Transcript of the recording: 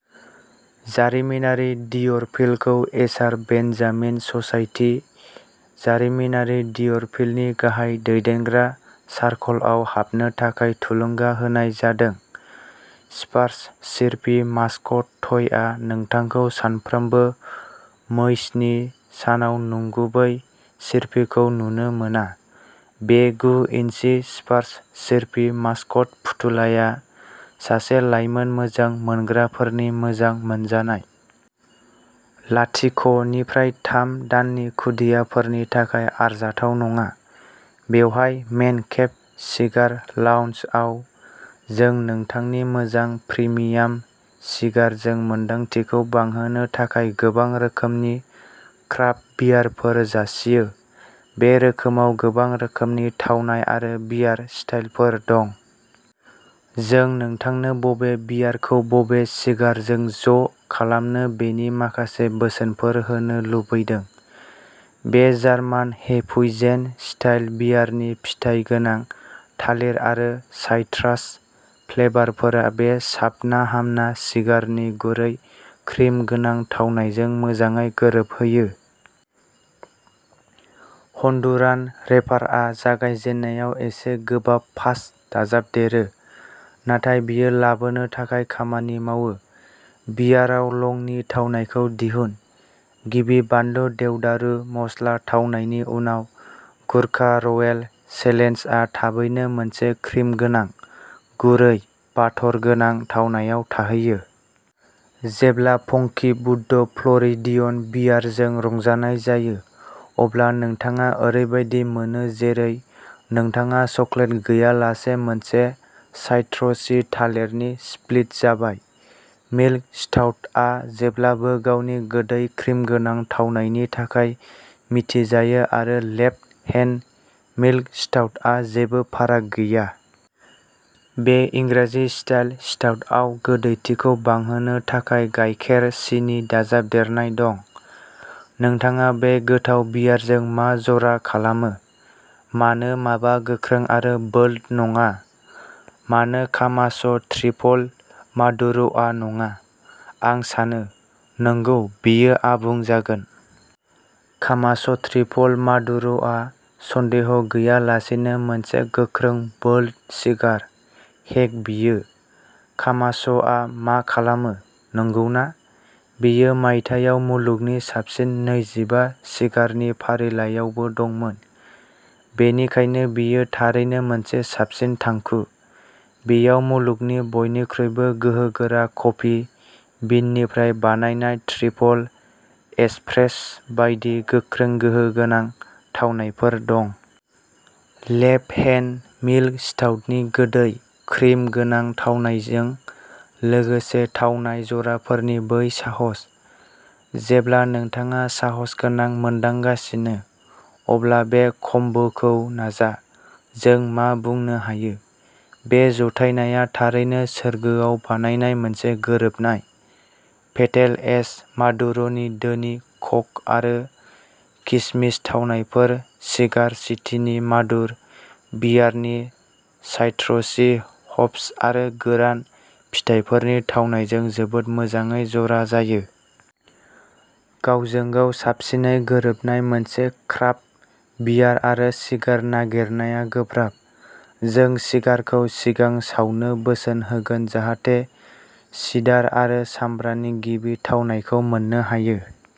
जारिमिनारि डियरफिल्डखौ एशार Benjamin society, जारिमिनारि डियरफिल्डनि गाहाय दैदेनग्रा सार्कलआव हाबनो थाखाय थुलुंगा होनाय जादों। स्पार्स चिर्पि मास्कट टयआ नोंथांखौ सानफ्रोमबो मैचनि सानाव नंगुबै चिर्पिखौ नुनो मोना। बे गु इन्चि स्पार्स चिर्पि मास्कट फुथुलाया सासे लाइमोन मोजां मोनग्राफोरनि मोजां मोनजानाय। लाथिक' निफ्राय थाम दाननि खुदियाफोरनि थाखाय आरजाथाव नङा। बेवहाय मेनकेभ सिगार लाउन्जआव जों नोंथांनि मोजां प्रिमियाम सिगारजों मोन्दांथिखौ बांहोनो थाखाय गोबां रोखोमनि क्राफ्ट बियारफोर जासियो। बे रोखोमाव गोबां रोखोमनि थावनाय आरो बियार स्टाइलफोर दं। जों नोंथांनो बबे बियारखौ बबे सिगारजों ज' खालामनो बेनि माखासे बोसोनफोर होनो लुबैदों। बे जार्मान हेफुइजेन स्टाइल बियारनि फिथाइ गोनां थालिर आरो साइट्रास फ्लेभारफोरा बे साबना हामना सिगारनि गुरै क्रिम गोनां थावनायजों मोजाङै गोरोबहोयो। हन्डुरान रेपारआ जागायजेननायाव एसे गोबाब पाञ्च दाजाबदेरो, नाथाय बेयो लाबोनो थाखाय खामानि मावो। बियाराव लंनि थावनायखौ दिहुन। गिबि बानलु देवदारु मस्ला थावनायनि उनाव गुर्खा रयेल चेलेन्जआ थाबैनो मोनसे क्रिमगोनां, गुरै, बाटर गोनां थावनायाव थाहैयो। जेब्ला फंकी बुद्ध फ्ल'रिडियन बियारजों रंजानाय जायो, अब्ला नोंथाङा ओरैबायदि मोनो जेरै नोंथाङा चकलेट गैयालासे मोनसे साइट्रसि थालिरनि स्प्लिट जाबाय। मिल्क स्टाउटआ जेब्लाबो गावनि गोदै क्रिमगोनां थावनायनि थाखाय मिथिजायो आरो लेफ्ट हेन्ड मिल्क स्टाउटआ जेबो फाराग गैया। बे इंराजि स्टाइल स्टाउटआव गोदैथिखौ बांहोनो थाखाय गाइखेर सिनि दाजाबदेरनाय दं। नोंथाङा बे गोथाव बियारजों मा जरा खालामो? मानो माबा गोख्रों आरो बोल्द नङा? मानो कामाच'ट्रिपल मादुर'आ नङा? आं सानो, नंगौ बेयो आबुं जागोन। कामाच'ट्रिपल मादुर'आ सन्देह गैयालासेनो मोनसे गोख्रों बोल्द सिगार। हेक बेयो। कामाच'आ मा खालामो, नंगौना? बेयो मायथाइयाव मुलुगनि साबसिन नैजिबा सिगारनि फारिलाइआवबो दंमोन, बेनिखायनो बेयो थारैनो मोनसे साबसिन थांखु। बेयाव मुलुगनि बयनिख्रुइबो गोहोगोरा कफि बिननिफ्राय बानायनाय ट्रिपल एस्प्रेस' बायदि गोख्रों गोहोगोनां थावनायफोर दं। लेफ्ट हेन्ड मिल्क स्टाउटनि गोदै, क्रिम गोनां थावनायजों लोगोसे थावनाय जराफोरनि बै साहस। जेब्ला नोंथाङा साहसगोनां मोनदांगासिनो, अब्ला बे कम्बोखौ नाजा। जों मा बुंनो हायो? बे जथायनाया थारैनो सोरगोआव बानायनाय मोनसे गोरोबनाय। पेटेल एज मादुर'नि धोनि क'क' आरो किसमिस थावनायफोर सिगार सिटीनि मादुर बियारनि साइट्रसि हप्स आरो गोरान फिथाइफोरनि थावनायजों जोबोद मोजाङै जरा जायो। गावजों गाव साबसिनै गोरोबनाय मोनसे क्राफ्ट बियार आरो सिगार नागिरनाया गोब्राब। जों सिगारखौ सिगां सावनो बोसोन होगोन जाहाथे सिडार आरो सामब्रानि गिबि थावनायखौ मोननो हायो।